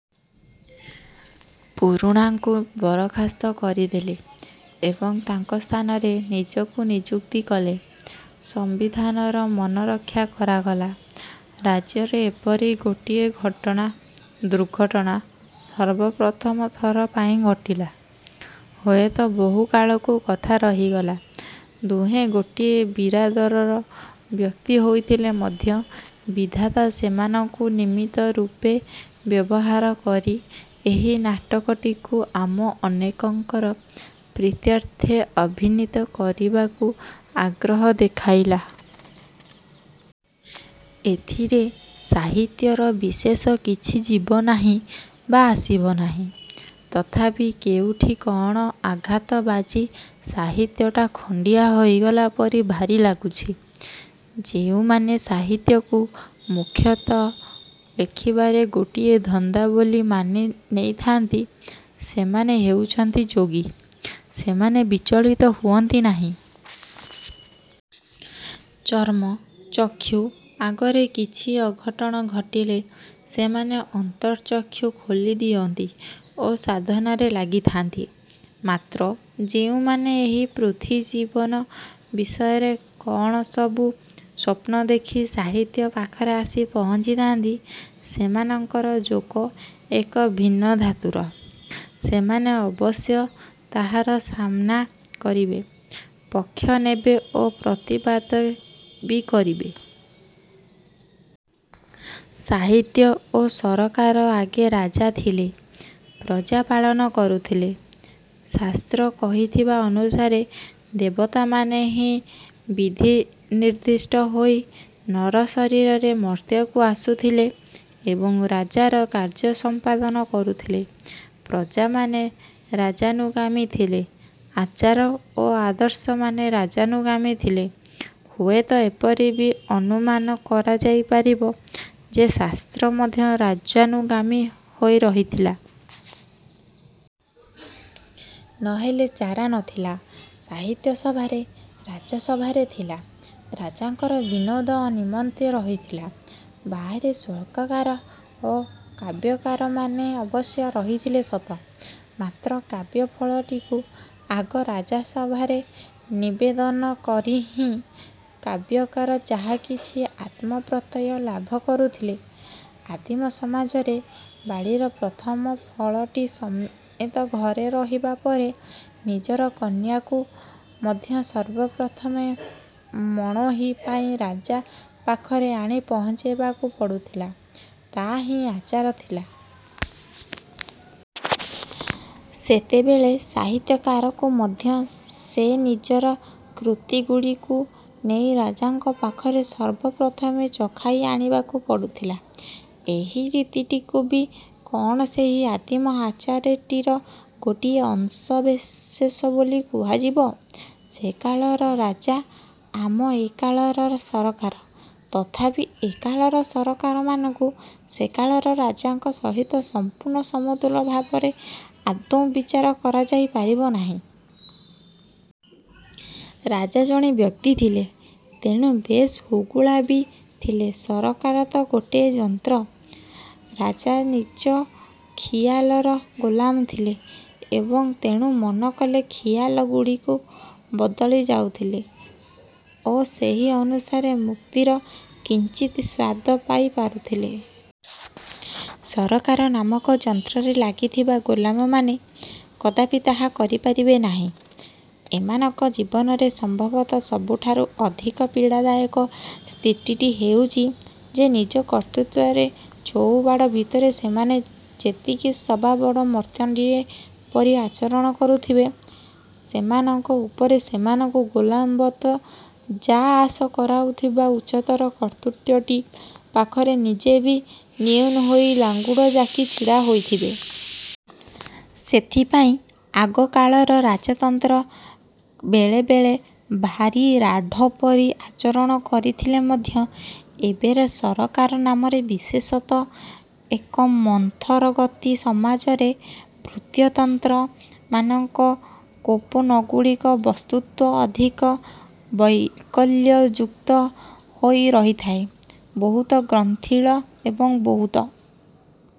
ପୁରୁଣାଙ୍କୁ ବରଖାସ୍ତ କରିଦେଲେ ଏବଂ ତାଙ୍କ ସ୍ଥାନରେ ନିଜକୁ ନିଯୁକ୍ତି କଲେ। ସମ୍ବିଧାନର ମନରକ୍ଷା କରାଗଲା। ରାଜ୍ୟରେ ଏପରି ଗୋଟିଏ ଘଟଣା, ଦୁର୍ଘଟଣା ସର୍ବପ୍ରଥମ ଥର ପାଇଁ ଘଟିଲା। ହୁଏତ ବହୁକାଳକୁ କଥା ରହିଗଲା। ଦୁହେଁ ଗୋଟିଏ ବିରାଦରର ବ୍ୟକ୍ତି ହୋଇଥିଲେ ମଧ୍ୟ ବିଧାତା ସେମାନଙ୍କୁ ନିମିତ୍ତ ରୂପେ ବ୍ୟବହାର କରି ଏହି ନାଟକଟିକୁ ଆମ ଅନେକଙ୍କର ପ୍ରୀତ୍ୟର୍ଥେ ଅଭିନୀତ କରିବାକୁ ଆଗ୍ରହ ଦେଖାଇଲା। ଏଥିରେ ସାହିତ୍ୟର ବିଶେଷ କିଛି ଯିବ ନାହିଁ ବା ଆସିବ ନାହିଁ। ତଥାପି କୋଉଠି କଣ ଆଘାତ ବାଜି ସାହିତ୍ୟଟା ଖଣ୍ଡିଆ ହୋଇଗଲା ପରି ଭାରି ଲାଗୁଛି। ଯୋଉମାନେ ସାହିତ୍ୟକୁ ମୁଖ୍ୟତଃ ଲେଖିବାରେ ଗୋଟାଏ ଧନ୍ଦା ବୋଲି ମାନି ନେଇଥାନ୍ତି, ସେମାନେ ହେଉଛନ୍ତି ଯୋଗୀ। ସେମାନେ ବିଚଳିତ ହୁଅନ୍ତି ନାହିଁ। ଚର୍ମ ଚକ୍ଷୁ ଆଗରେ କିଛି ଅଘଟଣ ଘଟିଲେ ସେମାନେ ଅନ୍ତର୍ଚକ୍ଷୁ ଖୋଲିଦିଅନ୍ତି ଓ ସାଧନାରେ ଲାଗିଥାନ୍ତି। ମାତ୍ର ଯେଉଁମାନେ ଏହି ପୃଥ୍ୱୀଜୀବନ ବିଷୟରେ କଣ ସବୁ ସ୍ୱପ୍ନ ଦେଖି ସାହିତ୍ୟ ପାଖରେ ଆସି ପହଞ୍ଚିଥାଆନ୍ତି, ସେମାନଙ୍କର ଯୋଗ ଏକ ଭିନ୍ନ ଧାତୁର। ସେମାନେ ଅବଶ୍ୟ ତାହାର ସାମ୍ନା କରିବେ, ପକ୍ଷ ନେବେ ଓ ପ୍ରତିବାଦ ବି କରିବେ। ସାହିତ୍ୟ ଓ ସରକାର ଆଗେ ରାଜା ଥିଲେ, ପ୍ରଜାପାଳନ କରୁଥିଲେ। ଶାସ୍ତ୍ର କହିଥିବା ଅନୁସାରେ ଦେବତାମାନେ ହିଁ ବିଧିନିର୍ଦ୍ଦିଷ୍ଟ ହୋଇ ନର ଶରୀରରେ ମର୍ତ୍ତ୍ୟକୁ ଆସୁଥିଲେ ଏବଂ ରାଜାର କାର୍ଯ୍ୟ ସମ୍ପାଦନ କରୁଥିଲେ। ପ୍ରଜାମାନେ ରାଜାନୁଗାମୀ ଥିଲେ। ଆଚାର ଓ ଆଦର୍ଶମାନେ ରାଜାନୁଗାମୀ ଥିଲେ। ହୁଏତ ଏପରି ବି ଅନୁମାନ କରାଯାଇପାରିବ ଯେ ଶାସ୍ତ୍ର ମଧ୍ୟ ରାଜାନୁଗାମୀ ହୋଇ ରହିଥିଲା। ନହେଲେ ଚାରା ନଥିଲା। ସାହିତ୍ୟ ସଭାରେ, ରାଜସଭାରେ ଥିଲା। ରାଜାଙ୍କର ବିନୋଦ ନିମନ୍ତେ ରହିଥିଲା। ବାହାରେ ଶ୍ଳୋକକାର ଓ କାବ୍ୟକାରମାନେ ଅବଶ୍ୟ ରହିଥିଲେ ସତ, ମାତ୍ର କାବ୍ୟ-ଫଳଟିକୁ ଆଗ ରାଜସଭାରେ ନିବେଦନ କରି ହିଁ କାବ୍ୟକାର ଯାହାକିଛି ଆତ୍ମପ୍ରତ୍ୟୟ ଲାଭ କରୁଥିଲା। ଆଦିମ ସମାଜରେ ବାଡ଼ିର ପ୍ରଥମ ଫଳଟି ସମେତ ଘରେ ରହିବା ପରେ ନିଜର କନ୍ୟାକୁ ମଧ୍ୟ ସର୍ବପ୍ରଥମ ମଣୋହି ପାଇଁ ରାଜା ପାଖରେ ଆଣି ପହଞ୍ଚାଇବାକୁ ପଡୁଥିଲା ତାହା ହିଁ ଆଚାର ଥିଲା। ସେତେବେଳେ ସାହିତ୍ୟକାରକୁ ମଧ୍ୟ ସେ ନିଜର କୃତିଗୁଡ଼ିକୁ ନେଇ ରାଜାଙ୍କ ପାଖରେ ସର୍ବପ୍ରଥମେ ଚଖାଇ ଆଣିବାକୁ ପଡୁଥିଲା, ଏହି ରୀତିଟିକୁ ବି କଣ ସେହି ଆଦିମ ଆଚାରଟିର ଗୋଟିଏ ଅଂଶବିଶେଷ ବୋଲି କୁହାଯିବ? ସେକାଳର ରାଜା, ଆମ ଏ କାଳର ସରକାର। ତଥାପି ଏ କାଳର ସରକାରମାନଙ୍କୁ ସେ କାଳର ରାଜାଙ୍କ ସହିତ ସମ୍ପୂର୍ଣ୍ଣ ସମତୁଲ ଭାବରେ ଆଦୌ ବିଚାର କରାଯାଇ ପାରିବ ନାହିଁ। ରଜା ଜଣେ ବ୍ୟକ୍ତି ଥିଲେ, ତେଣୁ ବେଶ୍ ହୁଗୁଳା ବି ଥିଲେ। ସରକାର ତ ଗୋଟାଏ ଯନ୍ତ୍ର। ରଜା ନିଜ ଖିଆଲର ଗୋଲାମ ଥିଲେ ଏବଂ ତେଣୁ ମନ କଲେ ଖିଆଲଗୁଡ଼ିକ ବଦଳି ଯାଉଥିଲେ ଓ ସେହି ଅନୁସାରେ ମୁକ୍ତିର କିଞ୍ଚିତ୍ ସ୍ୱାଦ ପାଇ ପାରୁଥିଲେ। ସରକାର ନାମକ ଯନ୍ତ୍ରରେ ଲାଗିଥିବା ଗୋଲାମମାନେ କଦାପି ତାହା କରିପାରିବେ ନାହିଁ। ଏମାନଙ୍କ ଜୀବନରେ ସମ୍ଭବତଃ ସବୁଠାରୁ ଅଧିକ ପୀଡ଼ାଦାୟକ ସ୍ଥିତିଟି ହେଉଛି ଯେ ନିଜ କର୍ତ୍ତୃତ୍ୱର ଚଉବାଡ଼ ଭିତରେ ସେମାନେ ଯେତିକି ସବାବଡ଼ ମାର୍ତ୍ତଣ୍ଡଟିଏ ପରି ଆଚରଣ କରୁଥିବେ। ସେମାନଙ୍କ ଉପରେ ସେମାନଙ୍କୁ ଗୋଲାମବତ୍ ଯା ଆସ କରାଉଥିବା ଉଚ୍ଚତର କର୍ତ୍ତୃତ୍ୱଟି ପାଖରେ ନିଜେ ବି ନ୍ୟୁନ ହୋଇ ଲାଙ୍ଗୁଡ଼ ଜାକି ଛିଡ଼ା ହୋଇଥିବେ। ସେଥିପାଇଁ ଆଗକାଳର ରାଜତନ୍ତ୍ର ବେଳେବେଳେ ଭାରି ରାଢ଼ ପରି ଆଚରଣ କରିଥିଲେ ମଧ୍ୟ ଏବର ସରକାର ନାମରେ ବିଶେଷତଃ ଏକ ମନ୍ଥରଗତି ସମାଜରେ ଭୃତ୍ୟତନ୍ତ୍ର ମାନଙ୍କର କୋପନଗୁଡ଼ିକ ବସ୍ତୁତଃ ଅଧିକ ବୈକଲ୍ୟଯୁକ୍ତ ହୋଇ ରହିଥାଏ। ବହୁତ ଗ୍ରନ୍ଥିଳ ଏବଂ ବହୁତ